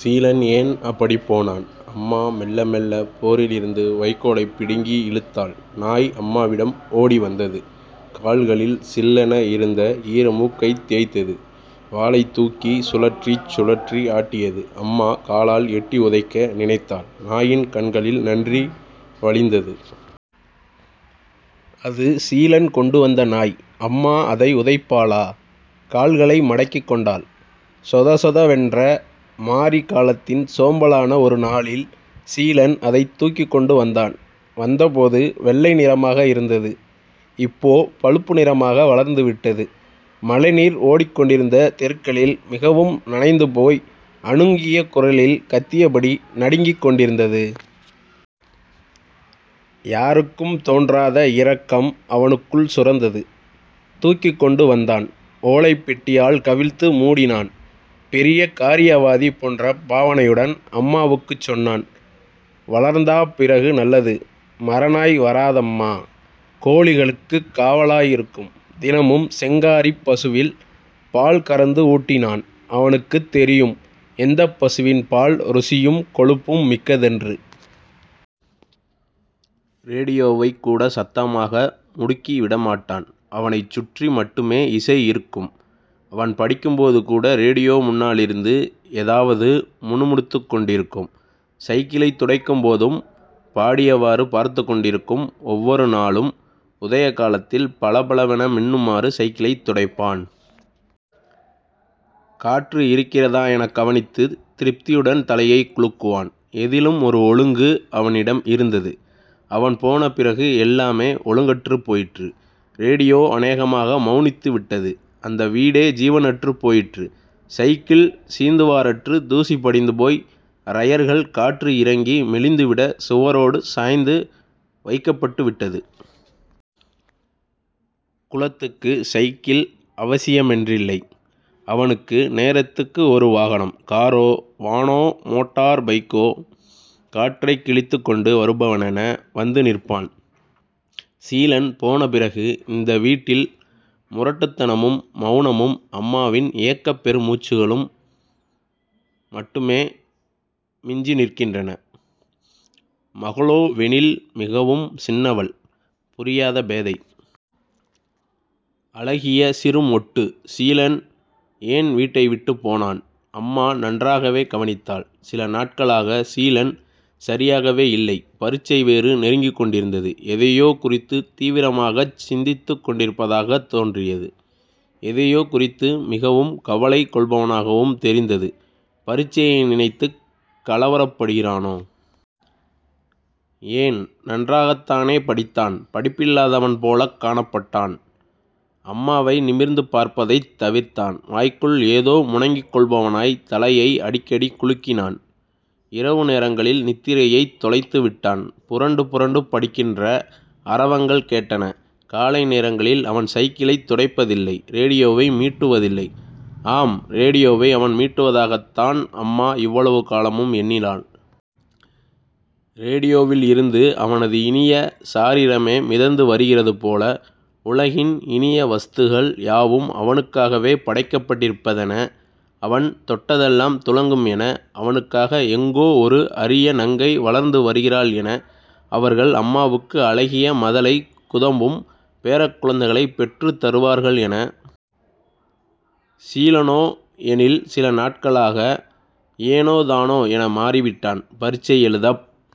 சீலன் ஏன் அப்படிப் போனான். அம்மா மெல்ல மெல்ல போரிலிருந்து வைக்கோலைப் பிடிங்கி இழுத்தாள். நாய் அம்மாவிடம் ஓடி வந்தது. கால்களில் சில்லென இருந்த ஈரமூக்கைத் தேய்த்தது. வாலைத்தூக்கி சுழற்றிச் சுழற்றி ஆட்டியது. அம்மா காலால் எட்டி உதைக்க நினைத்தாள். நாயின் கண்களில் நன்றி வழிந்தது. அது சீலன் கொண்டு வந்த நாய். அம்மா அதை உதைப்பாளா? கால்களை மடக்கிக் கொண்டாள். சொதசொத வென்ற மாரிகாலத்தின் சோம்பலான ஒரு நாளில் சீலன் அதைத் தூக்கிக்கொண்டு வந்தான். வந்தபோது வெள்ளைநிறமாக இருந்தது. இப்போ பழுப்பு நிறமாக வளர்ந்துவிட்டது. மழைநீர் ஓடிக்கொண்டிருந்த தெருக்களில் மிகவும் நனைந்துபோய் அனுங்கிய குரலில் கத்தியபடி நடுங்கிக் கொண்டிருந்தது. யாருக்கும் தோன்றாத இரக்கம் அவனுக்குள் சுரந்தது. தூக்கிக்கொண்டு வந்தான். ஓலைப் பெட்டியால் கவிழ்த்து மூடினான். பெரிய காரியவாதி போன்ற பாவனையுடன் அம்மாவுக்குச் சொன்னான். வளர்ந்தாப் பிறகு நல்லது... மரநாய் வராதம்மா.... கோழிகளுக்குக் காவலாயிருக்கும். தினமும் செங்காரிப் பசுவில் பால் கறந்து ஊட்டினான். அவனுக்குத் தெரியும் எந்தப் பசுவின் பால் ருசியும், கொழுப்பும் மிக்கதென்று. ரேடியோவைக் கூட சத்தமாக முடுக்கி விட மாட்டான். அவனைச் சுற்றி மட்டுமே இசை இருக்கும். அவன் படிக்கும்போது கூட ரேடியோ முன்னாலிருந்து எதாவது முணுமுணுத்துக் கொண்டிருக்கும். சைக்கிளைத் துடைக்கும் போதும் பாடியவாறு பார்த்துக் கொண்டிருக்கும் ஒவ்வொரு நாளும் உதயகாலத்தில் பளபள வென மின்னுமாறு சைக்கிளைத் துடைப்பான். காற்று இருக்கிறதா எனக் கவனித்து திருப்தியுடன் தலையைக் குலுக்குவான். எதிலும் ஒரு ஒழுங்கு அவனிடம் இருந்தது. அவன் போன பிறகு எல்லாமே ஒழுங்கற்றுப் போயிற்று. ரேடியோ அநேகமாக மெளனித்து விட்டது. அந்த வீடே ஜீவனற்றுப் போயிற்று. சைக்கிள் சீந்துவாரற்று தூசி படிந்துபோய் ரயர்கள் காற்று இறங்கி மெலிந்துவிட சுவரோடு சாய்ந்து வைக்கப்பட்டு விட்டது. குலத்துக்கு சைக்கில் அவசியமென்றில்லை. அவனுக்கு நேரத்துக்கு ஒரு வாகனம் காரோ வானோ மோட்டார் பைக்கோ.... காற்றைக் கிழித்துக்கொண்டு வருபவனென வந்து நிற்பான். சீலன் போன பிறகு இந்த வீட்டில் முரட்டுத்தனமும் மெளனமும் அம்மாவின் ஏக்கப்பெரு மூச்சுகளும் மட்டுமே மிஞ்சிநிற்கின்றன. மகளோவெனில் மிகவும் சின்னவள். புரியாத பேதை. அழகிய சிறு மொட்டு. சீலன் ஏன் வீட்டை விட்டுப் போனான்? அம்மா நன்றாகவே கவனித்தாள். சில நாட்களாக சீலன் சரியாகவே இல்லை. பரிட்சை வேறு நெருங்கிக் கொண்டிருந்தது. எதையோ குறித்து தீவிரமாகச் சிந்தித்துக் கொண்டிருப்பதாகத் தோன்றியது; எதையோ குறித்து மிகவும் கவலை கொள்பவனாகவும் தெரிந்தது. பரிட்சையை நினைத்துக் கலவரப் படுகிறானோ ஏன் நன்றாகத்தானே படித்தான் பிடிப்பில்லாதவன் போலக் காணப்பட்டான். அம்மாவை நிமிர்ந்து பார்ப்பதைத் தவிர்த்தான். வாய்க்குள் ஏதோ முனகிக்கொள்பவனாய் தலையை அடிக்கடிகுலுக்கினான். இரவுநேரங்களில் நித்திரையைத் தொலைத்து விட்டான். புரண்டு புரண்டு படுக்கின்ற அரவங்கள் கேட்டன. காலை நேரங்களில் அவன் சைக்கிளைத் துடைப்பதில்லை. ரேடியோவை மீட்டுவதில்லை. ஆம் ரேடியோவை அவன் மீட்டுவதாகத் தான் அம்மா இவ்வளவு காலமும் எண்ணினாள். ரேடியோவில் இருந்து அவனது இனிய சாரிரமே மிதந்து வருகிறது போல... உலகின் இனிய வஸ்துகள் யாவும் அவனுக்காகவே படைக்கப்பட்டிருப்பதென.... அவன் தொட்டதெல்லாம் துலங்கும் என.... அவனுக்காக எங்கோ ஒரு அரிய நங்கை வளர்ந்து வருகிறாள் என... அவர்கள் அம்மாவுக்கு அழகிய மதலை குதம்பும் பேரக் குழந்தைகளைப் பெற்றுத் தருவார்கள் என.... சீலனோ எனில் சில நாட்களாக ஏனோ தானோ என மாறிவிட்டான். பரிட்சை எழுதப்